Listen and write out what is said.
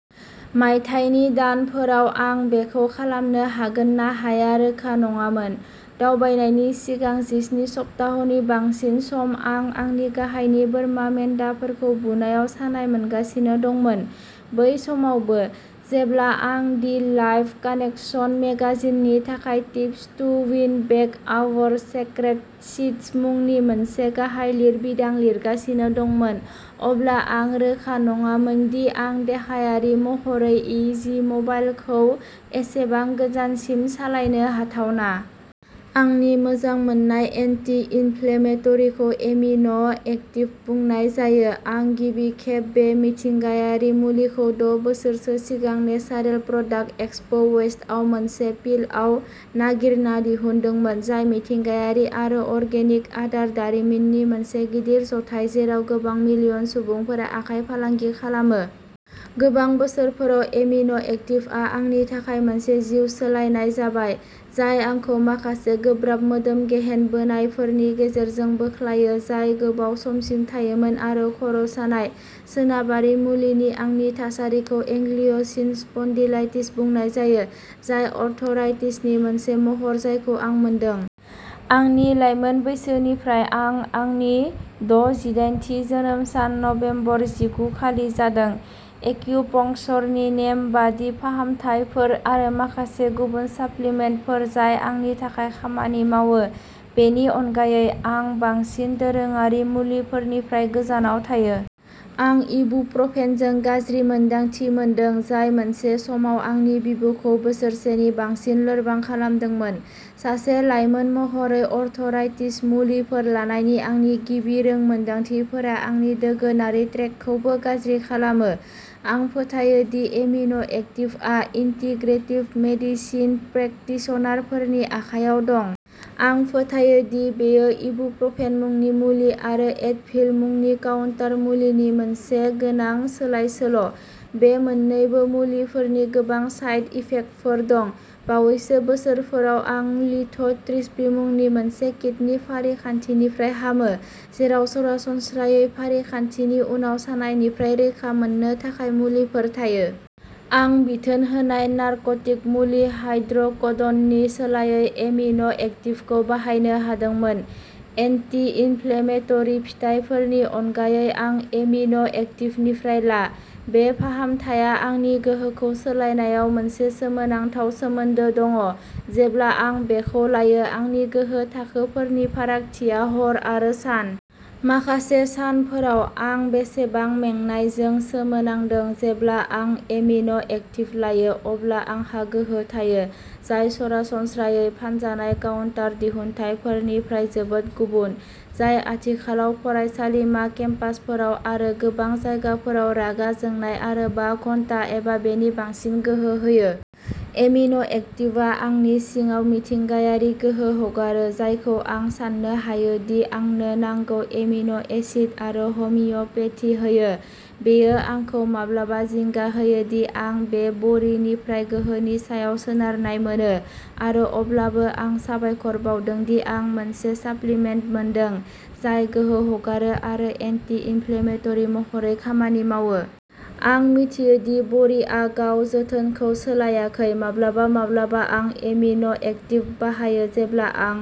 मायथाइनि दानफोराव आं बेखौ खालामनो हागोन ना हाया रोखा नङामोन। दावबायनायनि सिगां जिस्नि सप्ताहनि बांसिन सम आं आंनि गाहायनि बोरमा मेन्दाफोरखौ बुनायाव सानाय मोनगासिनो दंमोन। बै समावबो, जेब्ला आं दि लाइफ कानेकसन मेगाजिननि थाखाय tips to win back our sacred seeds मुंनि मोनसे गाहाय लिरबिदां लिरगासिनो दंमोन, अब्ला आं रोखा नङामोन दि आं देहायारि महरै इ जि मबाइलखौ एसेबां गोजानसिम सालायनो हाथावना। आंनि मोजां मोननाय एन्टि-इनफ्लेमेटरिखौ एमिन' एक्टिभ बुंनाय जायो। आं गिबि खेब बे मिथिंगायारि मुलिखौ द' बोसोरसो सिगां नेसारेल प्रडाक्ट एक्सपो वेस्टआव मोनसे पिलआव नागिरना दिहुनदोंमोन, जाय मिथिंगायारि आरो अर्गेनिक आदार दारिमिननि मोनसे गिदिर ज'थाय जेराव गोबां-मिलियन सुबुंफोरा आखाइ फालांगि खालामो। गोबां बोसोरफोराव, एमिन' एक्टिभआ आंनि थाखाय मोनसे जिउ सोलायनाय जाबाय, जाय आंखौ माखासे गोब्राब मोदोम-गेहेन बोनायफोरनि गेजेरजों बोख्लायो जाय गोबाव समसिम थायोमोन आरो खर' सानाय। सोनाबारि मुलिनि आंनि थासारिखौ एंग्लिय'सिन स्पन्डिलाइटिस बुंनाय जायो, जाय आर्थराइटिसनि मोनसे महर जायखौ आं मोनदों। आंनि लाइमोन बैसोनिफ्राय। आं आंनि द' जिदायेन थि जोनोम सान नबेम्बर जिगु खालि जादों। एक्युपंक्चरनि नेमबादि फाहामथायफोर आरो माखासे गुबुन साप्लिमेन्टफोर जाय आंनि थाखाय खामानि मावो, बेनि अनगायै, आं बांसिन दोरोङारि मुलिफोरनिफ्राय गोजानाव थायो। आं इबुप्रफेनजों गाज्रि मोन्दांथि मोनदों, जाय मोनसे समाव आंनि बिबुखौ बोसोरसेनि बांसिन लोरबां खालामदोंमोन। सासे लाइमोन महरै आर्थराइटिस मुलिफोर लानायनि आंनि गिबि रोंमोनदांथिफोरा आंनि दोगोनारि ट्रेकखौबो गाज्रि खालामो। आं फोथायो दि एमिन' एक्टिभआ इन्टिग्रेटिभ मेडिसिन प्रेकटिशनारफोरनि आखायाव दं। आं फोथायो दि बेयो इबुप्रफेन मुंनि मुलि आरो एडभिल मुंनि काउन्टार मुलिनि मोनसे गोनां सोलायसोल'। बे मोन्नैबो मुलिफोरनि गोबां साइड इफेक्टफोर दं। बावैसो बोसोरफोराव आं लिथ'ट्रिप्सी मुंनि मोनसे किडनि फारिखान्थिनिफ्राय हामो, जेराव सरासनस्रायै फारिखान्थिनि उनाव सानायनिफ्राय रैखा मोननो थाखाय मुलिफोर थायो। आं बिथोन होनाय नारक'टिक मुलि हाइड्र'क'डननि सोलायै एमिन' एक्टिभखौ बाहायनो हादोंमोन। एन्टि-इनफ्लेमेटरि फिथायफोरनि अनगायै आं एमिन' एक्टिभनिफ्राय ला, बे फाहामथाया आंनि गोहोखौ सोलायनायाव मोनसे सोमोनांथाव सोमोन्दो दङ। जेब्ला आं बेखौ लायो, आंनि गोहो थाखोफोरनि फारागथिया हर आरो सान। माखासे सानफोराव, आं बेसेबां मेंनायजों सोमोनांदों। जेब्ला आं एमिन' एक्टिभ लायो, अब्ला आंहा गोहो थायो, जाय सरासनस्रायै फानजानाय काउन्टार दिहुनथायफोरनिफ्राय जोबोद गुबुन, जाय आथिखालाव फरायसालिमा केम्पासफोराव आरो गोबां जायगाफोराव रागा जोंनाय आरो बा घन्टा एबा बेनि बांसिन गोहो होयो। एमिन' एक्टिवआ आंनि सिङाव मिथिंगायारि गोहो हगारो, जायखौ आं साननो हायो दि आंनो नांगौ एमिन' एसिड आरो हमिय'पेथि होयो। बेयो आंखौ माब्लाबा जिंगा होयो दि आं बे बरिनिफ्राय गोहोनि सायाव सोनारनाय मोनो, आरो अब्लाबो आं साबायखर बावदों दि आं मोनसे साप्लिमेन्ट मोनदों जाय गोहो हगारो आरो एन्टि-इनफ्लेमेटरि महरै खामानि मावो। आं मिथियो दि बरिआ गाव जोथोनखौ सोलायाखै। माब्लाबा माब्लाबा आं एमिन'एक्टिभ बाहायो जेब्ला आं